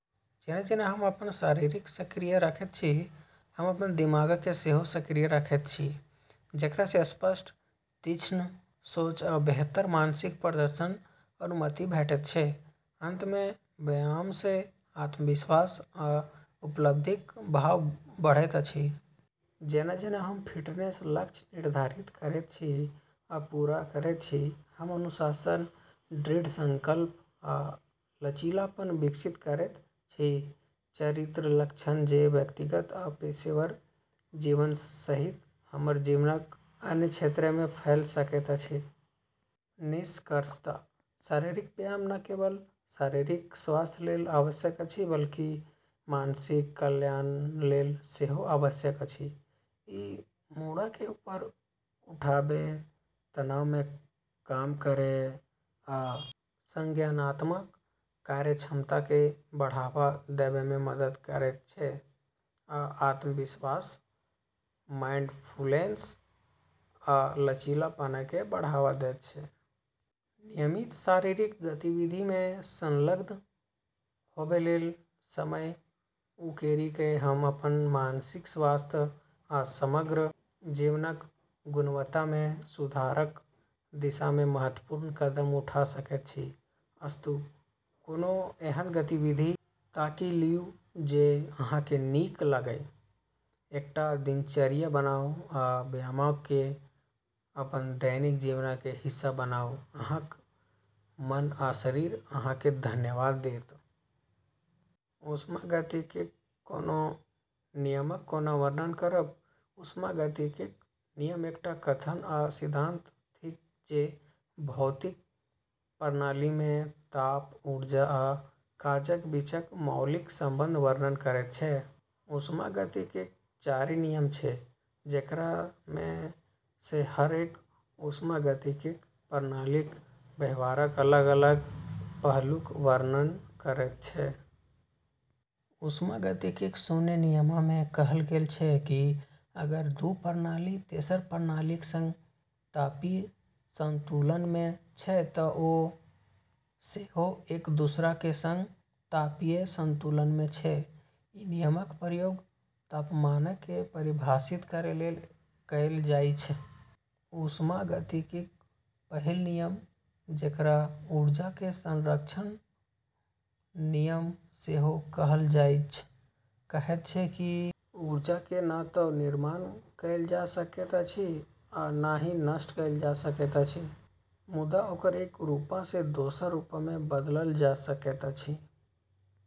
जेना-जेना हम अपन शरीरकेँ सक्रिय रखैत छी, हम अपन दिमागकेँ सेहो सक्रिय रखैत छी, जेकरासँ स्पष्ट, तीक्ष्ण सोच आ बेहतर मानसिक प्रदर्शनक अनुमति भेटैत छै। अंतमे व्यायामसँ आत्मविश्वास आ उपलब्धिक भाव बढ़ैत अछि। जेना-जेना हम फिटनेस लक्ष्य निर्धारित करैत छी आ पूरा करैत छी, हम अनुशासन, दृढ़ संकल्प आ लचीलापन विकसित करैत छी-चरित्र लक्षण जे व्यक्तिगत आ पेशेवर जीवन सहित हमर जीवनक अन्य क्षेत्रमे फैल सकैत अछि। निष्कर्षतः शारीरिक व्यायाम न केवल शारीरिक स्वास्थ्यलेल आवश्यक अछि, बल्कि मानसिक कल्याणलेल सेहो आवश्यक अछि। ई मूडकेँ ऊपर उठाबै, तनावकेँ कम करै, आ संज्ञानात्मक कार्यक्षमताकेँ बढ़ावा देबैमे मदद करैत छै, आ आत्मविश्वास, माइंडफुलनेस आ लचीलापनकेँ बढ़ावा दैत छै। नियमित शारीरिक गतिविधिमे संलग्न होबैलेल समय उकेरि कऽ हम अपन मानसिक स्वास्थ्य आ समग्र जीवनक गुणवत्तामे सुधारक दिशामे महत्वपूर्ण कदम उठा सकैत छी। अस्तु, कोनो एहन गतिविधि ताकि लिअ जे अहाँकेँ नीक लागय, एकटा दिनचर्या बनाउ, आ व्यायामकेँ अपन दैनिक जीवनक हिस्सा बनाउ - अहाँक मन आ शरीर अहाँकेँ धन्यवाद देत! ऊष्मागतिकीक कोनो नियमक कोना वर्णन करब? ऊष्मागतिकीक नियम एकटा कथन या सिद्धांत थिक जे भौतिक प्रणालीमे ताप, ऊर्जा आ काजक बीचक मौलिक संबंधक वर्णन करैत छै। ऊष्मागतिकीक चारि नियम छै, जेकरामे सँ हर एक ऊष्मागतिकी प्रणालीक व्यवहारक अलग-अलग पहलूक वर्णन करैत छै। ऊष्मागतिकीक शून्य नियममे कहल गेल छै कि अगर दू प्रणाली तेसर प्रणालीक संग तापीय संतुलनमे छै तँ ओ सेहो एक-दूसराक संग तापीय संतुलनमे छै। ई नियमक प्रयोग तापमानकेँ परिभाषित करैलेल कएल जाइछ। ऊष्मागतिकीक पहिल नियम, जेकरा ऊर्जाक संरक्षणक नियम सेहो कहल जाइछ, कहैत छै कि ऊर्जाकेँ न तँ निर्माण कएल जा सकैत अछि आ न ही नष्ट कएल जा सकैत अछि, मुदा ओकरा एक रूपसँ दोसर रूपमे बदलल जा सकैत अछि।